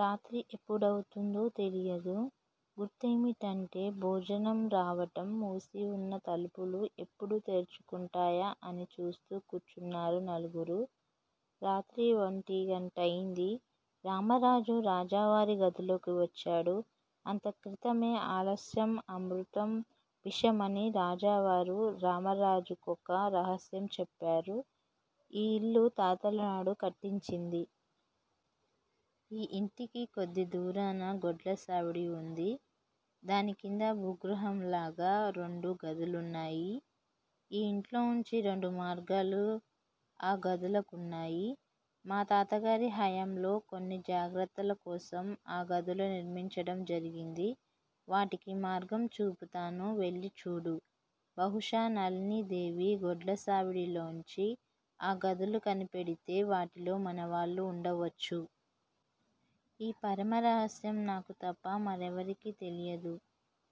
రాత్రి ఎప్పుడవుతుందో తెలియదు. గుర్తేమిటంటే భోజనం రావటం. మూసివున్న తలుపులు ఎప్పుడు తెరుచుకుంటాయా అని చూస్తూ కూర్చున్నారు నలుగురు. రాత్రి ఒంటి గంటయింది. రామరాజు రాజావారి గదిలోకి వచ్చాడు అంతక్రితమే. ఆలస్యం అమృతం విషమని రాజావారు రామరాజు కొక రహస్యం చెప్పారు. ఈ ఇల్లు తాతలనాడు కట్టించింది. ఈ యింటికి కొద్ది దూరాన గొడ్ల సావిడి ఉంది. దానికింద భూగృహంలాగా రెండు గదులు వున్నాయి. ఈ యింట్లోంచి రెండుమార్గాలు ఆ గదులకున్నాయి. మా తాతగారి హయాంలో కొన్ని జాగ్రత్తలకోసం ఆ గదులు నిర్మించటం జరిగింది. వాటికిమార్గం చూపుతాను, వెళ్ళిచూడు. బహుశా నళినీదేవి గొడ్లసావిడి లోంచి ఆ గదులు కనిపెడితే వాటిలో మనవాళ్ళు వుండవచ్చు. ఈ పరమ రహస్యం నాకు తప్ప మరెవరికీ తెలియదు.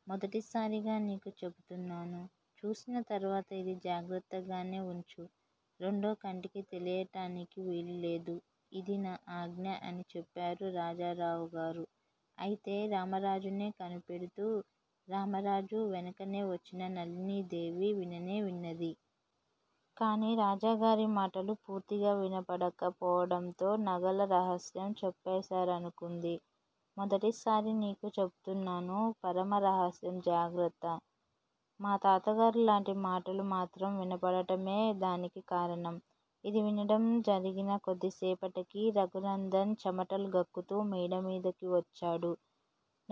మొదటిసారిగా నీకు చెపుతున్నాను. చూసిన తరువాత ఇది జాగ్రత్తగానే వుంచు, రెండో కంటికి తెలియటానికి వీలులేదు. ఇది నా ఆజ్ఞ అని చెప్పారు రాజారావు గారు. అయితే రామరాజునే కనిపెడుతూ రామరాజు వెనకనే వచ్చిన నళినీదేవి విననే విన్నది. కాని రాజాగారి మాటలు పూర్తిగా వినపడక పోవడంతో నగల రహస్యం చెప్పేశారనుకుంది. మొదటిసారి నీకు చెపుతున్నాను. పరమ రహస్యం, జాగ్రత్త, మా తాతగారు లాంటి మాటలు మాత్రం వినపడటమే దానికి కారణం. ఇది వినడం జరిగిన కొద్దిసేపటికి రఘునందన్ చెమటలు గక్కుతూ మేడమీద కొచ్చాడు.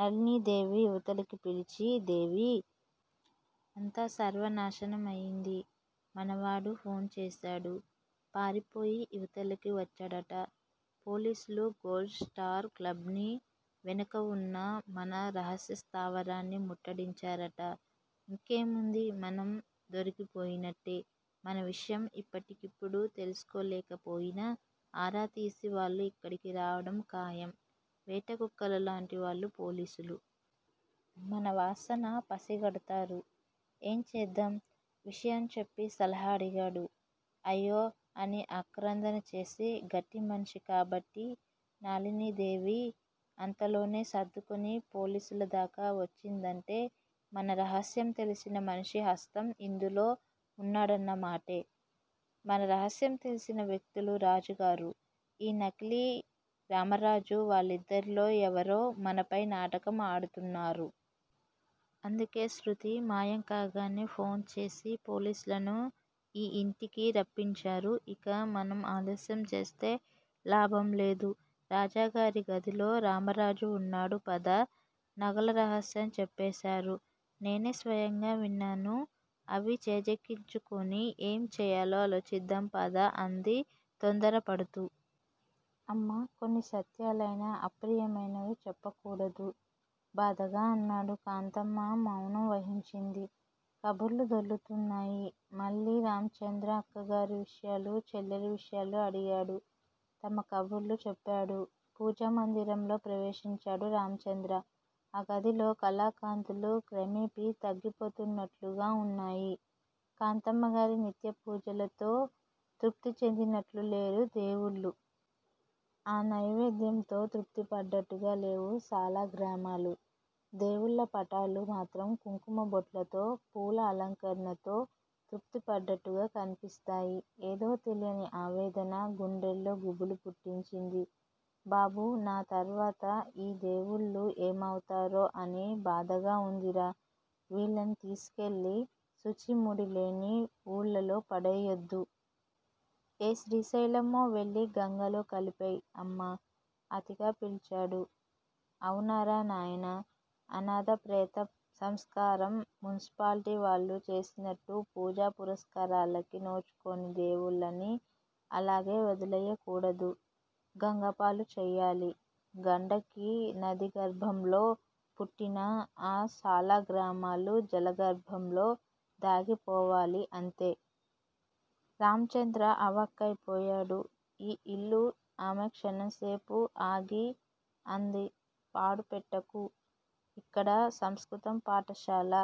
నళినీదేవిని ఇవతలికి పిలిచి దేవీ! అంతా సర్వనాశనమయింది. మనవాడు ఫోన్ చేశాడు. పారిపోయి ఇవతలికి వచ్చాడట. పోలీసులు గోల్డ్ స్టార్ క్లబ్ ని, వెనకవున్న మన రహస్యస్థావరాన్ని ముట్టడించారట ఇంకే ముంది. మనం దొరికిపోయినట్టే. మన విషయం ఇప్పటికిప్పుడు తెలుసుకోలేక పోయినా ఆరా తీసి వాళ్ళు ఇక్కడికి రావడం ఖాయం. వేటకుక్కల లాంటివాళ్ళు పోలీసులు. మనవాసన పసిగడతారు. ఏంచేద్దాం? విషయం చెప్పి సలహా అడిగాడు. అయ్యో అని ఆక్రందన చేసి గట్టి మనిషి కాబట్టి నళినీదేవి అంతలోనే సర్దుకుని పోలీసులదాకా వచ్చిందంటే మన రహస్యం తెలిసిన మనిషి హస్తం ఇందులో వున్నాడన్నమాటే. మన రహస్యం తెలిసిన వ్యక్తులు రాజుగారు, ఈ నకిలీరామరాజు వాళ్ళిద్దరిలో ఎవరో మనపై నాటకం ఆడుతున్నారు. అందుకే శృతి మాయం కాగానే ఫోన్ చేసి పోలీసులను ఈ యింటికి రప్పించారు. ఇక మనం ఆలస్యంచేస్తే లాభంలేదు రాజాగారి గదిలో రామరాజు వున్నాడు పద, నగల రహస్యం చెప్పేశారు. నేనే స్వయంగా విన్నాను. అవి చేజిక్కించుకుని ఏం చేయాలో ఆలోచిద్దాం పద అంది తొందరపడుతూ. అమ్మా కొన్ని సత్యాలయినా అప్రియమైనవి చెప్పకూడదు. బాధగా అన్నాడు. కాంతమ్మ మౌనం వహించింది. కబుర్లు దొర్లుతున్నాయి మళ్ళీ-- రామచంద్ర అక్కగారి విషయాలు, చెల్లెలి విషయాలు అడిగాడు. తమ కబుర్లు చెప్పాడు. పూజామందిరంలో ప్రవేశించాడు రామచంద్ర. ఆ గదిలో కళాకాంతులు క్రమేపి తగ్గి పోతున్నట్లుగా వున్నాయి. కాంతమ్మగారి నిత్య పూజలతో తృప్తి చెందినట్లు లేరు దేవుళ్ళు. ఆ నైవేద్యం తో తృప్తి పడ్డట్టుగా లేవు సాలగ్రామాలు. దేవుళ్ళ పటాలు మాత్రం కుంకుమ బొట్లతో పూల అలంకరణతో తృప్తి పడ్డట్టుగా కనిపిస్తాయి. ఏదో తెలియని ఆవేదన గుండెలో గుబులు పుట్టించింది. బాబూ! నా తర్వాత ఈ దేవుళ్ళు ఎమోతారా అని బాధగా వుందిరా! వీళ్ళని తీసుకెళ్ళి శుచీ ముడి లేని వూళ్ళలో పడేయోద్దు. ఏ శ్రిశైలమో వెళ్ళి గంగలో కలిపెయ్! అమ్మా ఆర్తిగా పిలిచాడు. అవునురా నాయనా! అనాధ ప్రేత సంస్కారం మున్సిపాలిటి వాళ్ళు చేసినట్టు పూజా పురస్కారాలకి నోచుకోని దేవుళ్ళని అలాగే వదిలెయ్యకూడదు. గంగపాలు చేయాలి. గండకి నది గర్భంలో పుట్టిన ఆ సాలగ్రామాలు జలగార్భంలో దాగిపోవాలి అంతే! రామచంద్ర అవాక్కైపోయాడు. ఈ యిల్లు ఆమె క్షణం సేపు ఆగి అంది పాడు పెట్టకు. ఇక్కడ సంస్కృతం పాఠశాల